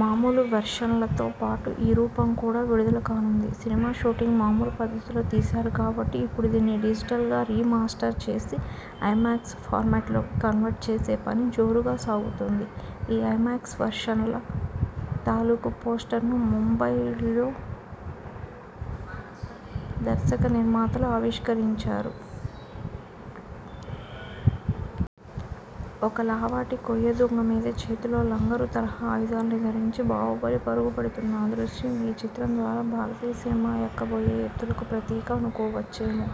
మామూలు వెర్షన్లతో పాటు ఈ రూపం కూడా విడుదల కానుంది. సినిమా షూటింగ్ మామూలు పద్ధతిలో తీశారు కాబట్టి, ఇప్పుడు దాన్ని డిజిటల్గా రీ-మాస్టర్ చేసి, ఐ-మ్యాక్స్ ఫార్మట్లోకి కన్వర్ట్ చేసే పని జోరుగా సాగుతోంది. ఈ ఐ-మ్యాక్స్ వెర్షన్ల తాలూకు పోస్టర్ను ముంబయ్లో దర్శక, నిర్మాతలు ఆవిష్కరించారు. ఒక లావాటి కొయ్య దుంగ మీద, చేతిలో లంగరు తరహా ఆయుధాల్ని ధరించి, బాహుబలి పరుగుపెడుతున్న ఆ దృశ్యం ఈ చిత్రం ద్వారా భారతీయ సినిమా ఎక్కబోయే ఎత్తులకు ప్రతీక అనుకోవచ్చేమో!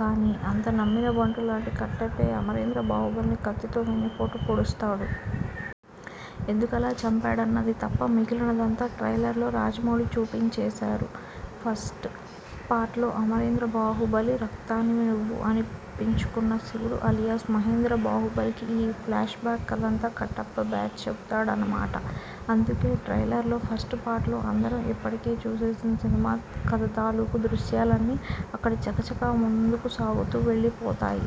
కానీ, అంత నమ్మినబంటు లాంటి కట్టప్పే అమరేంద్ర బాహుబలిని కత్తితో వెన్నుపోటు పొడుస్తాడు. ఎందుకలా చంపాడన్నది తప్ప, మిగిలినదంతా ట్రైలర్లో రాజమౌళి చూపించేశారు. ఫస్ట్ పార్ట్లో 'అమరేంద్ర బాహుబలి రక్తానివి నువ్వు' అనిపించుకున్న శివుడు అలియాస్ మహేంద్ర బాహుబలి కి ఈ ఫ్లాష్బ్యాక్ కథంతా కట్టప్ప బ్యాచ చెబుతాడన్న మాట. అందుకే, ట్రైలర్లో ఫస్ట్ పార్ట్లో అందరం ఇప్పటికే చూసేసిన సినిమా కథ తాలూకు దృశ్యాలన్నీ అక్కడ చకచకా ముందుకు సాగుతూ వెళ్ళిపోతాయి.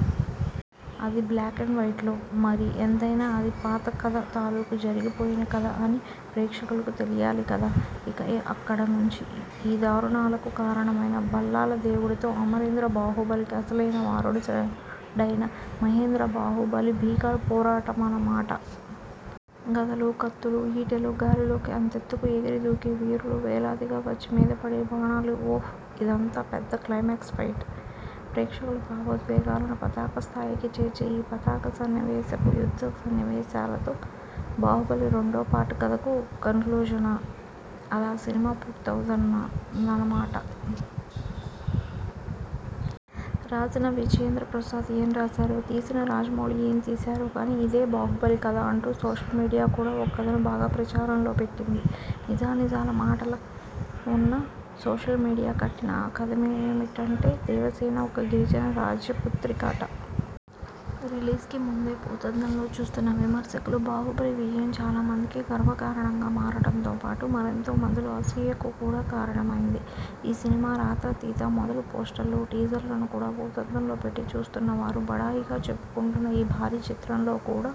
అదీ బ్లాక్ అండ్ వైట్లో! మరి, ఎంతైనా అది పాత కథ తాలూకు జరిగిపోయిన కథ అని ప్రేక్షకులకు తెలియాలి కదా! ఇక, అక్కడ నుంచి ఈ దారుణాలకు కారణమైన భల్లాలదేవుడి తో, అమరేంద్ర బాహుబలికి అసలైన వారసుడైన మహేంద్ర బాహుబలి భీకర పోరాటమన్న మాట. గదలు, కత్తులు, ఈటెలు, గాలిలోకి అంతెత్తుకు ఎగిరి దూకే వీరులు, వేలాదిగా వచ్చి మీద పడే బాణాలు ఓహ్ అదంతా పెద్ద క్లైమాక్స్ ఫైట్. ప్రేక్షకుల భావోద్వేగాలను పతాకస్థాయికి చేర్చే ఈ పతాక సన్నివేశపు యుద్ధ సన్నివేశాలతో బాహుబలి రెండో పార్ట్ కథకు కనక్లూజన. అలా సినిమా పూర్తవుతుందన్న మాట. రాసిన విజయేంద్రప్రసాద్ ఏం రాశారో, తీసిన రాజమౌళి ఏం తీశారో కానీ ఇదే 'బాహుబలి- ' కథ అంటూ సోషల్ మీడియా కూడా ఒక కథను బాగా ప్రచారంలో పెట్టింది. నిజానిజాల మాటెలా ఉన్నా సోషల్ మీడియా కట్టిన ఆ కథేమిటంటే దేవసేన ఒక గిరిజన రాజ్యపుత్రిక అట. రిలీజ్కి ముందే భూతద్దంలో చూస్తున్న విమర్శకులు బాహుబలి విజయం చాలా మందికి గర్వకారణంగా మారడంతో పాటు, మరెంతో మందిలో అసూయకు కూడా కారణమైంది. ఈ సినిమా రాత, తీత మొదలు పోస్టర్లు, టీజర్లను కూడా భూతద్దంలో పెట్టి చూస్తున్నవారు, బడాయిగా చెప్పుకుంటున్న ఈ భారీ చిత్రంలో కూడా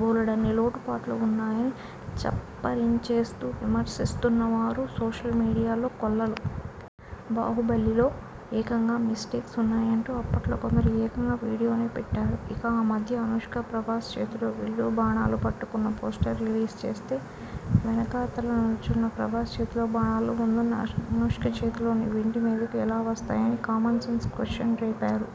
బోలెడన్ని లోటుపాట్లు ఉన్నాయని చప్పరించేస్తూ విమర్శిస్తున్నవారూ సోషల్ మీడియాలో కొల్లలు. 'బాహుబలి- 'లో ఏకంగా మిస్టేక్స్ ఉన్నాయంటూ అప్పట్లో కొందరు ఏకంగా వీడియోనే పెట్టారు. ఇక, ఆ మధ్య అనుష్క, ప్రభా్సలు చేతిలో విల్లు, బాణాలు పట్టుకున్న పోస్టర్ రిలీజ్ చేస్తే, వెనకాతల నిల్చున్న ప్రభాస్ చేతిలో బాణాలు, ముందున్న అనుష్క చేతిలోని వింటి మీదకు ఎలా వస్తాయని కామన సెన్స్ క్వశ్వన రేపారు.